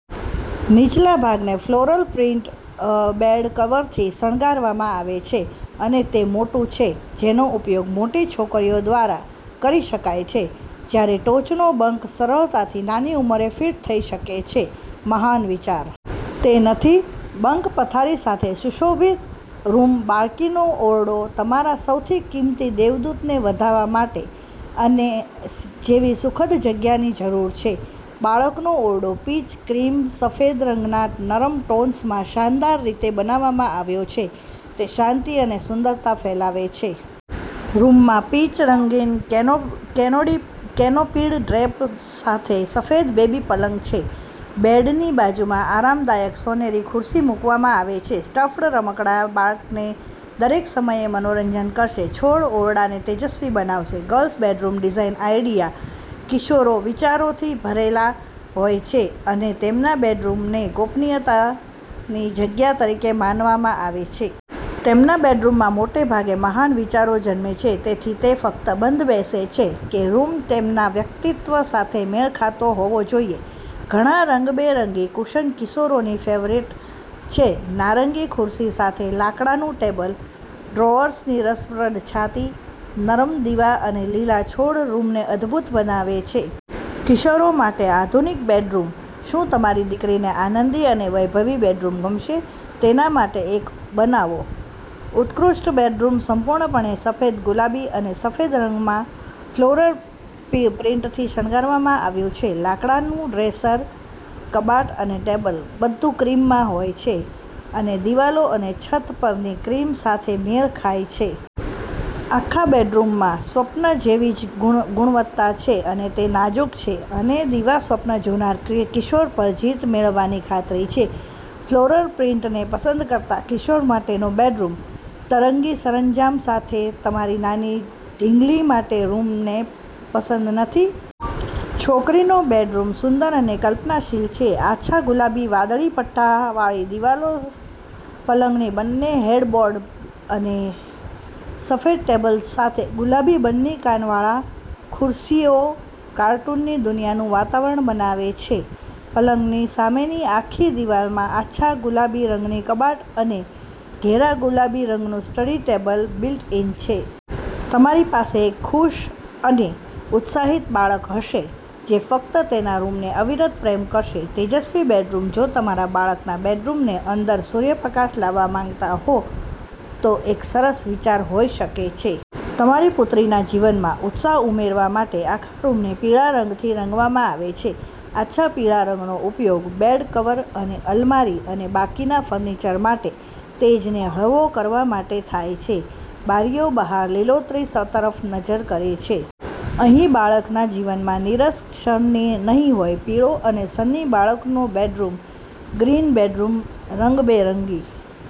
નીચલા ભાગને floral print bed કવરથી શણગારવામાં આવે છે અને તે મોટું છે જેનો ઉપયોગ મોટી છોકરી દ્વારા કરી શકાય છે જ્યારે ટોચનો બંક સરળતાથી નાની ઉંમરે ફિટ થઈ શકે છે. મહાન વિચાર! તે નથી? બંક પથારી સાથે સુશોભિત રૂમ બાળકીનો ઓરડો તમારા સૌથી કિંમતી દેવદૂતને વધાવા માટે આના જેવી સુખદ જગ્યાની જરૂર છે. બાળકનો ઓરડો પીચ-ક્રીમ-સફેદ રંગના નરમ ટોન્સમાં શાનદાર રીતે બનાવવામાં આવ્યો છે. તે શાંતિ અને સુંદરતા ફેલાવે છે. રૂમમાં પીચ-રંગીન, કેનેડી કેનોપીડ ડ્રેપ સાથે સફેદ બેબી પલંગ છે. બેડની બાજુમાં આરામદાયક સોનેરી ખુરશી મૂકવામાં આવે છે. સ્ટફ્ડ રમકડાં બાળકને દરેક સમયે મનોરંજન કરશે. છોડ ઓરડાને તેજસ્વી બનાવે છે. ગર્લ્સ બેડરૂમ ડિઝાઇન આઈડિયા કિશોરો વિચારોથી ભરેલા હોય છે અને તેમના બેડરૂમને ગોપનીયતાની જગ્યા તરીકે માનવાં આવે છે. તેમના બેડરૂમમાં મોટાભાગે મહાન વિચારો જન્મે છે, તેથી તે ફક્ત તેબંધબેસે છે કે રૂમ તેમના વ્યક્તિત્વ સાથે મેળ ખાતો હોવો જોઈએ. ઘણાં રંગબેરંગી કુશન કિશોરોની ફેવરિટ છે. નારંગી ખુરશી સાથે લાકડાનું ટેબલ, ડ્રોઅર્સની રસપ્રદ છાતી, નરમ દીવા અને લીલા છોડ રૂમને અદ્ભુત બનાવે છે. કિશોરો માટે આધુનિક બેડરૂમ. શું તમારી દીકરીને આનંદી અને વૈભવી બેડરૂમ ગમશે? તેના માટે એક બનાવો. ઉત્કૃષ્ટ બેડરૂમ સંપૂર્ણપણે સફેદ ગુલાબી અને સફેદ રંગમાં ફ્લોરલ પ્રિન્ટથી શણગારવામાં આવ્યું છે. લાકડાનું ડ્રેસર, કબાટ અને ટેબલ બધું ક્રીમમાં હોય છે અને દિવાલો અને છત પરની ક્રીમ સાથે મેળ ખાય છે. આખા બેડરૂમમાં સ્વપ્ન જેવી ગુણવત્તા છે અને તે નાજુક છે અને દિવાસ્વપ્ન જોનારા કિશોર પર જીત મેળવવાની ખાતરી છે. ફ્લોરલ પ્રિન્ટને પસંદ કરતા કિશોર માટેનો બેડરૂમ તરંગી સરંજામ તમારી સાથે નાની ઢીંગલી માટે રૂમને પસંદ નથી? છોકરીનો બેડરૂમ સુંદર અને કલ્પનાશીલ છે. આછા ગુલાબી-વાદળી પટ્ટાવાળી દિવાલો, પલંગનું બન્ની હેડબોર્ડ અને સફેદ ટેબલ સાથે ગુલાબી બન્ની કાનવાળી ખુરશીઓ કાર્ટૂનની દુનિયાનું વાતાવરણ બનાવે છે. પલંગની સામેની આખી દિવાલમાં આછા ગુલાબી રંગના કબાટ અને ઘેરા ગુલાબી રંગનું સ્ટડી ટેબલ બિલ્ટ-ઇન છે. તમારી પાસે એક ખુશ અને ઉત્સાહિત બાળક હશે જે ફક્ત તેના રૂમને અવિરત પ્રેમ કરશે. તેજસ્વી બેડરૂમ જો તમે તમારા બાળકના બેડરૂમની અંદર સૂર્યપ્રકાશ લાવવા માંગતા હોવ તો એક સરસ વિચાર હોઈ શકે છે. તમારી પુત્રીના જીવનમાં ઉત્સાહ ઉમેરવા માટે આખા રૂમને પીળા રંગથી રંગવામાં આવે છે. આછા પીળા રંગનો ઉપયોગ બેડ કવર અને અલમારી અને બાકીના ફર્નિચર માટે તેજને હળવો કરવા માટે થાય છે. બારીઓ બહાર લીલોતરી તરફ નજર કરે છે. અહીં બાળકના જીવનમાં નીરસ ક્ષણ નહીં હોય! પીળો અને સન્ની બાળકનો બેડરૂમ ગ્રીન બેડરૂમ રંગબેરંગી